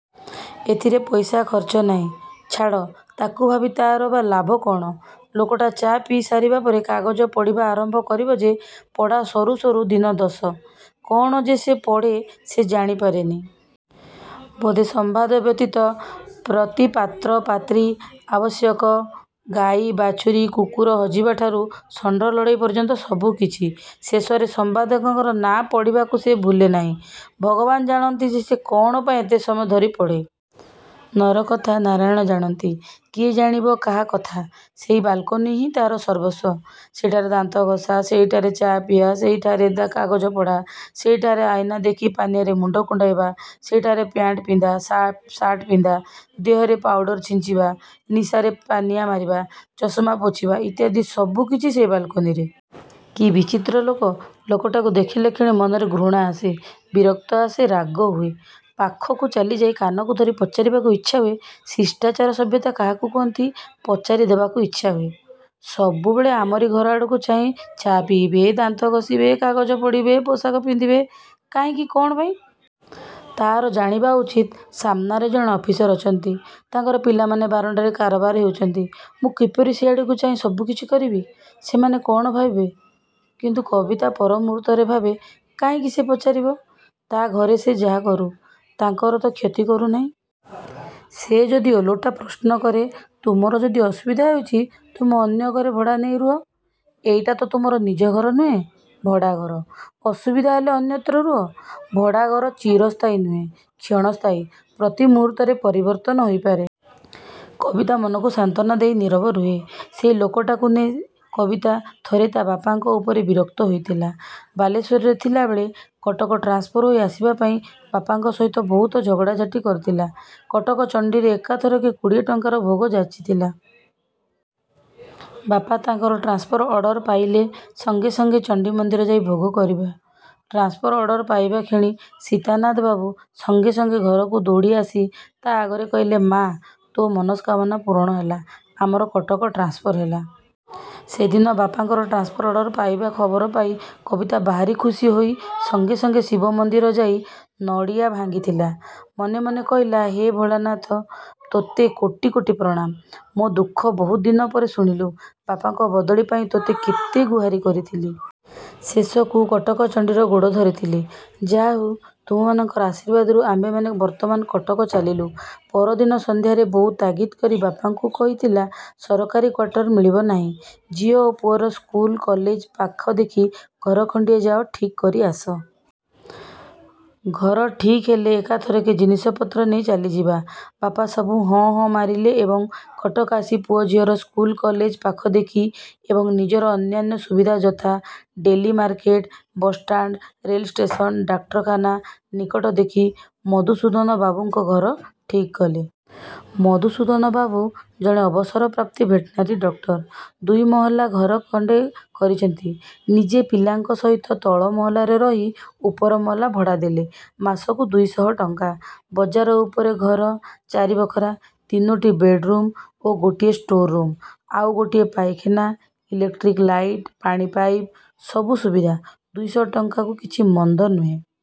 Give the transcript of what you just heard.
ଏଥିରେ ପଇସା ଖର୍ଚ୍ଚ ନାହିଁ। ଛାଡ଼, ତା'କୁ ଭାବି ତା'ର ବା ଲାଭ କ'ଣ। ଲୋକଟା ଚା' ପିଇ ସାରିବା ପରେ କାଗଜ ପଢ଼ିବା ଆରମ୍ଭ କରିବ ଯେ, ପଢ଼ା ସରୁ ସରୁ ଦିନ ଦଶ। କ'ଣ ଯେ ସେ ପଢ଼େ ସେ ଜାଣି ପାରେନି। ବୋଧେ ସମ୍ୱାଦ ବ୍ୟତୀତ, ପ୍ରତି ପାତ୍ର ପାତ୍ରୀ ଆବଶ୍ୟକ, ଗାଈ ବାଛୁରୀ, କୁକୁର ହଜିବା ଠାରୁ ଷଣ୍ଡ ଲଢ଼େଇ ପର୍ଯ୍ୟନ୍ତ ସବୁ କିଛି। ଶେଷରେ ସମ୍ପାଦକଙ୍କ ନାଁ ପଢ଼ିବାକୁ ସେ ଭୁଲେ ନାହିଁ। ଭଗବାନ ଜାଣନ୍ତି ସେ କ'ଣ ପାଇଁ ଏତେ ସମୟ ଧରି ପଢ଼େ। ନରକଥା ନାରାୟଣ ଜାଣନ୍ତି। କିଏ ଜାଣିବ କାହା କଥା। ସେହି ବାଲ୍କୋନି ହିଁ ତା'ର ସର୍ବସ୍ୱ। ସେହିଠାରେ ଦାନ୍ତଘଷା, ସେହିଠାରେ ଚା' ପିଆ, ସେହିଠାରେ କାଗଜ ପଢ଼ା, ସେହିଠାରେ ଆଇନା ଦେଖି ପାନିଆରେ ମୁଣ୍ଡ କୁଣ୍ଡାଇବା, ସେହିଠାରେ ପ୍ୟାଣ୍ଟ ପିନ୍ଧା, ସାଟ୍ ପିନ୍ଧା ଦେହରେ ପାଉଡ଼ର ସିଞ୍ଚିବା, ନିଶାରେ ପାନିଆ ମାରିବା, ଚଷମା ପୋଛିବା, ଇତ୍ୟାଦି ସବୁକିଛି ସେହି ବାଲକୋନିରେ। କି ବିଚିତ୍ର ଲୋକ। ଲୋକଟାକୁ ଦେଖିଲାକ୍ଷଣି ମନରେ ଘୃଣା ଆସେ। ବିରକ୍ତ ଆସେ, ରାଗ ହୁଏ। ପାଖକୁ ଚାଲିଯାଇ କାନକୁ ଧରି ପଚାରିବାକୁ ଇଚ୍ଛା ହୁଏ। ଶିଷ୍ଟାଚାର ସଭ୍ୟତା କାହାକୁ କହନ୍ତି ପଚାରି ଦେବାକୁ ଇଚ୍ଛା ହୁଏ? ସବୁବେଳେ ଆମରି ଘରଆଡ଼କୁ ଚାହିଁ ଚା ପିଇବେ, ଦାନ୍ତ ଘଷିବେ, କାଗଜ ପଢ଼ିବେ, ପୋଷାକ ପିନ୍ଧିବେ, କାହିଁକି କ'ଣ ପାଇଁ। ତା'ର ଜାଣିବା ଉଚିତ ସାମନାରେ ଜଣେ ଅଫିସର ଅଛନ୍ତି। ତାଙ୍କର ପିଲାମାନେ ବାରଣ୍ଡାରେ କାରବାର ହେଉଛନ୍ତି। ମୁଁ କିପରି ସେଇ ଆଡ଼କୁ ଚାହିଁ ସବୁକିଛି କରିବି? ସେମାନେ କ'ଣ ଭାବିବେ? କିନ୍ତୁ... କବିତା ପର ମୁହୂର୍ତ୍ତରେ ଭାବେ କାହିଁକି ସେ ପଚାରିବ? ତା' ଘରେ ସେ ଯାହାକରୁ ତାଙ୍କର ତ କ୍ଷତି କରୁନାହିଁ। ସେ ଯଦି ଓଲଟା ପ୍ରଶ୍ନ କରେ ତୁମର ଯଦି ଅସୁବିଧା ହେଉଛି ତୁମେ ଅନ୍ୟ ଘରେ ଭଡ଼ା ନେଇ ରୁହ। ଏଇଟା ତ ତୁମର ନିଜ ଘର ନୁହେଁ, ଭଡ଼ାଘର। ଅସୁବିଧା ହେଲେ ଅନ୍ୟତ୍ର ରୁହ। ଭଡ଼ାଘର ଚିରସ୍ଥାୟୀ ନୁହେଁ। କ୍ଷଣସ୍ଥାୟୀ। ପ୍ରତି ମୁହୂର୍ତ୍ତରେ ପରିବର୍ତ୍ତନ ହୋଇପାରେ। କବିତା ମନକୁ ସାନ୍ତ୍ୱନା ଦେଇ ନୀରବ ରୁହେ। ସେହି ଲୋକଟାକୁ ନେଇ କବିତା ଥରେ ତା' ବାପାଙ୍କ ଉପରେ ବିରକ୍ତ ହେଲା। ବାଲେଶ୍ୱରରେ ଥିଲାବେଳେ କଟକ ଟ୍ରାନ୍ସଫର ହୋଇ ଆସିବା ପାଇଁ ବାପାଙ୍କ ସହିତ ବହୁତ ଝଗଡ଼ାଝାଟି କରିଥିଲା। କଟକଚଣ୍ଡୀରେ ଏକାଥରକେ କୋଡ଼ିଏ ଟଙ୍କାର ଭୋଗ ଯାଚିଥିଲା। ବାପା ତାଙ୍କର ଟ୍ରାନ୍ସଫର ଅର୍ଡର ପାଇଲେ ସାଙ୍ଗେ ସାଙ୍ଗେ ଚଣ୍ଡୀ ମନ୍ଦିର ଯାଇ ଭୋଗ କରିବ। ଟ୍ରାନ୍ସଫର ଅର୍ଡର ପାଇବା କ୍ଷଣି ସୀତାନାଥବାବୁ ସଙ୍ଗେ ସଙ୍ଗେ ଘରକୁ ଦୌଡ଼ି ଆସି ତା' ଆଗରେ କହିଥିଲେ, ମା' ତୋର ମନସ୍କାମନା ପୂରଣ ହେଲା। ଆମର କଟକ ଟ୍ରାନ୍ସଫର ହେଲା। ସେଦିନ ବାପାଙ୍କର ଟ୍ରାନ୍ସଫର ଅର୍ଡର ପାଇବା ଖବର ପାଇ କବିତା ଭାରି ଖୁସିହୋଇ ସଙ୍ଗେ ସଙ୍ଗେ ଶିବ ମନ୍ଦିର ଯାଇ ନଡ଼ିଆ ଭାଙ୍ଗିଥିଲା। ମନେମନେ କହିଥିଲା ହେ ଭୋଳାନାଥ ତୋତେ କୋଟି କୋଟି ପ୍ରଣାମ। ମୋ ଦୁଃଖ ବହୁଦିନ ପରେ ଶୁଣିଲୁ। ବାପାଙ୍କ ବଦଳି ପାଇଁ ତୋତେ କେତେ ଗୁହାରି କରିଥିଲି। ଶେଷକୁ କଟକଚଣ୍ଡୀର ଗୋଡ଼ ଧରିଥିଲି। ଯାହାହେଉ ତୁମ୍ଭମାନଙ୍କ ଆଶୀର୍ବାଦରୁ ଆମ୍ଭେମାନେ ବର୍ତ୍ତମାନ କଟକ ଚାଲିଲୁ। ପରଦିନ ସନ୍ଧ୍ୟାରେ ବୋଉ ତାଗିଦ କରି ବାପାଙ୍କୁ କହିଥିଲା–ସରକାରୀ କ୍ୱାଟର ମିଳିବ ନାହିଁ, ଝିଅ ଓ ପୁଅର ସ୍କୁଲ କଲେଜ ପାଖ ଦେଖି ଘର ଖଣ୍ଡିଏ ଯାଅ ଠିକ୍ କରି ଆସ। ଘର ଠିକ୍ ହେଲେ ଏକାଥରକେ ଜିନିଷପତ୍ର ନେଇ ଚାଲିଯିବା। ବାପା ସବୁ ହଁ ହାଁ ମାରିଲେ ଏବଂ କଟକ ଆସି ପୁଅ ଝିଅର ସ୍କୁଲ କଲେଜ ପାଖ ଦେଖି ଏବଂ ନିଜର ଅନ୍ୟାନ୍ୟ ସୁବିଧା ଯଥା–ଡେଲି ମାର୍କେଟ, ବସ୍ଷ୍ଟାଣ୍ଡ, ରେଲ୍ ଷ୍ଟେସନ, ଡାକ୍ତରଖାନା ନିକଟ ଦେଖି ମଧୁସୂଦନବାବୁଙ୍କ ଘର ଠିକ୍ କଲେ। ମଧୁସୂଦନବାବୁ ଜଣେ ଅବସରପ୍ରାପ୍ତ ଭେଟେନାରୀ ଡାକ୍ତର। ଦୁଇ ମହଲା ଘର ଖଣ୍ଡେ କରିଛନ୍ତି। ନିଜେ ପିଲାମାନଙ୍କ ସହିତ ତଳ ମହଲାରେ ରହି ଉପର ମହଲା ଭଡ଼ା ଦେଲେ। ମାସକୁ ଦୁଇଶହ ଟଙ୍କା। ବଜାର ଉପରେ ଘର ଚାରି ବଖରା, ତିନୋଟି ବେଡ୍ ରୁମ୍ ଓ ଗୋଟିଏ ଷ୍ଟୋର୍ ରୁମ୍, ଆଉ ଗୋଟିଏ ପାଇଖାନା, ଇଲେକ୍ଟ୍ରିକ୍ ଲାଇଟ୍, ପାଣି ପାଇପ୍, ସବୁ ସୁବିଧା। ଦୁଇଶହ ଟଙ୍କାକୁ କିଛି ମନ୍ଦ ନୁହେଁ।